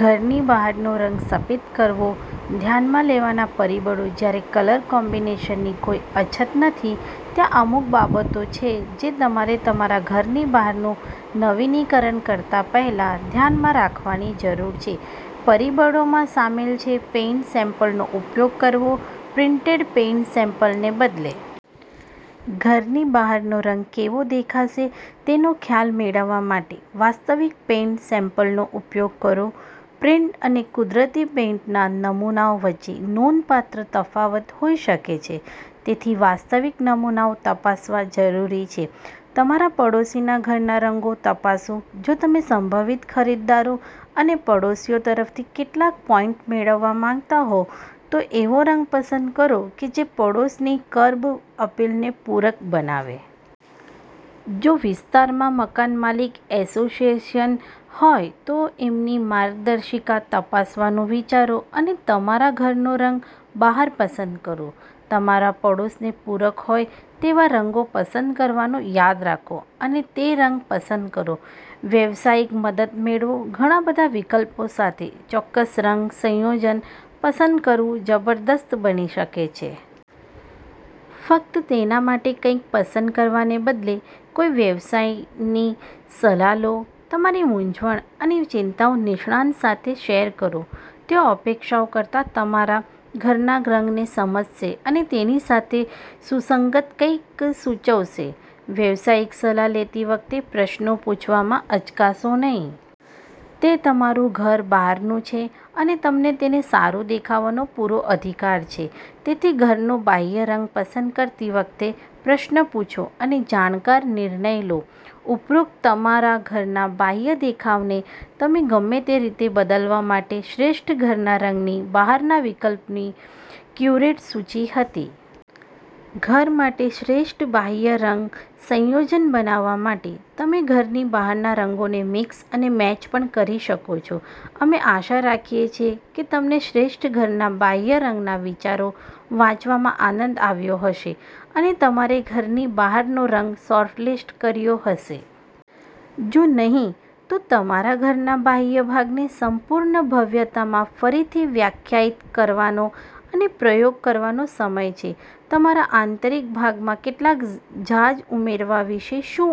ઘરની બહારનો રંગ પસંદ કરવો ધ્યાનમાં લેવાના પરિબળો જ્યારે કલર કોમ્બિનેશનની કોઈ અછત નથી, ત્યાં અમુક બાબતો છે જે તમારે તમારા ઘરની બહારનું નવીનીકરણ કરતા પહેલા ધ્યાનમાં રાખવાની જરૂર છે. પરિબળોમાં શામેલ છે પેઇન્ટ સેમ્પલનો ઉપયોગ કરવો પ્રિન્ટેડ પેઇન્ટ સેમ્પલને બદલે. ઘરની બહારનો રંગ કેવો દેખાશે તેનો ખ્યાલ મેળવવા માટે વાસ્તવિક પેઇન્ટ સેમ્પલનો ઉપયોગ કરો. પ્રિન્ટ અને કુદરતી પેઇન્ટના નમૂનાઓ વચ્ચે નોંધપાત્ર તફાવત હોઈ શકે છે, તેથી વાસ્તવિક નમૂનાઓ તપાસવા જરૂરી છે. તમારા પડોશીના ઘરના રંગો તપાસો જો તમે સંભવિત ખરીદદારો અને પડોશીઓ તરફથી કેટલાક પોઈન્ટ મેળવવા માંગતા હો, તો એવો રંગ પસંદ કરો કે જે પડોશની કર્બ અપીલને પૂરક બનાવે. જો વિસ્તારમાં મકાનમાલિક એસોસિએશન હોય, તો તેમની માર્ગદર્શિકા તપાસવાનું વિચારો અને તમારા ઘરનો રંગ બહાર પસંદ કરો. તમારા પડોશને પૂરક હોય તેવા રંગો પસંદ કરવાનું યાદ રાખો અને તે રંગ પસંદ કરો. વ્યવસાયિક મદદ મેળવો ઘણા બધા વિકલ્પો સાથે, ચોક્કસ રંગ સંયોજન પસંદ કરવું જબરજસ્ત બની શકે છે. ફક્ત તેના માટે કંઈક પસંદ કરવાને બદલે કોઈ વ્યાવસાયિકની સલાહ લો. તમારી મૂંઝવણ અને ચિંતાઓ નિષ્ણાત સાથે શેર કરો. તેઓ અપેક્ષાઓ કરતાં તમારા ઘરના રંગને સમજશે અને તેની સાથે સુસંગત કંઈક સૂચવશે. વ્યવસાયિક સલાહ લેતી વખતે, પ્રશ્નો પૂછવામાં અચકાશો નહીં. તે તમારું ઘર બહારનું છે અને તમને તેને સારું દેખાવાનો પૂરો અધિકાર છે. તેથી, ઘરનો બાહ્ય રંગ પસંદ કરતી વખતે પ્રશ્નો પૂછો અને જાણકાર નિર્ણય લો. ઉપરોક્ત તમારા ઘરના બાહ્ય દેખાવને તમને ગમે તે રીતે બદલવા માટે શ્રેષ્ઠ ઘરના રંગની બહારના વિકલ્પોની ક્યુરેટેડ સૂચિ હતી. ઘર માટે શ્રેષ્ઠ બાહ્ય રંગ સંયોજન બનાવવા માટે તમે ઘરની બહારના રંગોને મિક્સ અને મેચ પણ કરી શકો છો. અમે આશા રાખીએ છીએ કે તમને શ્રેષ્ઠ ઘરના બાહ્ય રંગના વિચારો વાંચવામાં આનંદ આવ્યો હશે અને તમારે ઘરની બહારનો રંગ શોર્ટલિસ્ટ કર્યો હશે. જો નહિં, તો તમારા ઘરના બાહ્ય ભાગને સંપૂર્ણ ભવ્યતામાં ફરીથી વ્યાખ્યાયિત કરવાનો અને પ્રયોગ કરવાનો સમય છે. તમારા આંતરિક ભાગમાં કેટલાક જાઝ ઉમેરવા વિશે શું?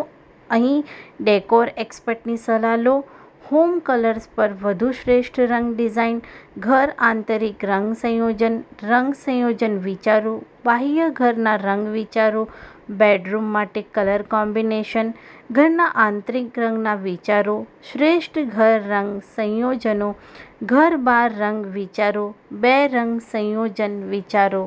અહીં ડેકોર એક્સપર્ટની સલાહ લો. હોમ કલર્સ પર વધુ શ્રેષ્ઠ ઘર રંગ ડિઝાઇન ઘર આંતરિક રંગ સંયોજન રંગ સંયોજન વિચારો, બાહ્ય ઘરના રંગ વિચારો, બેડરૂમ માટે કલર કોમ્બિનેશન ઘરના આંતરિક રંગના વિચારો, શ્રેષ્ઠ ઘર રંગ સંયોજનો ઘર બહાર રંગ વિચારો, બે રંગ સંયોજન વિચારો.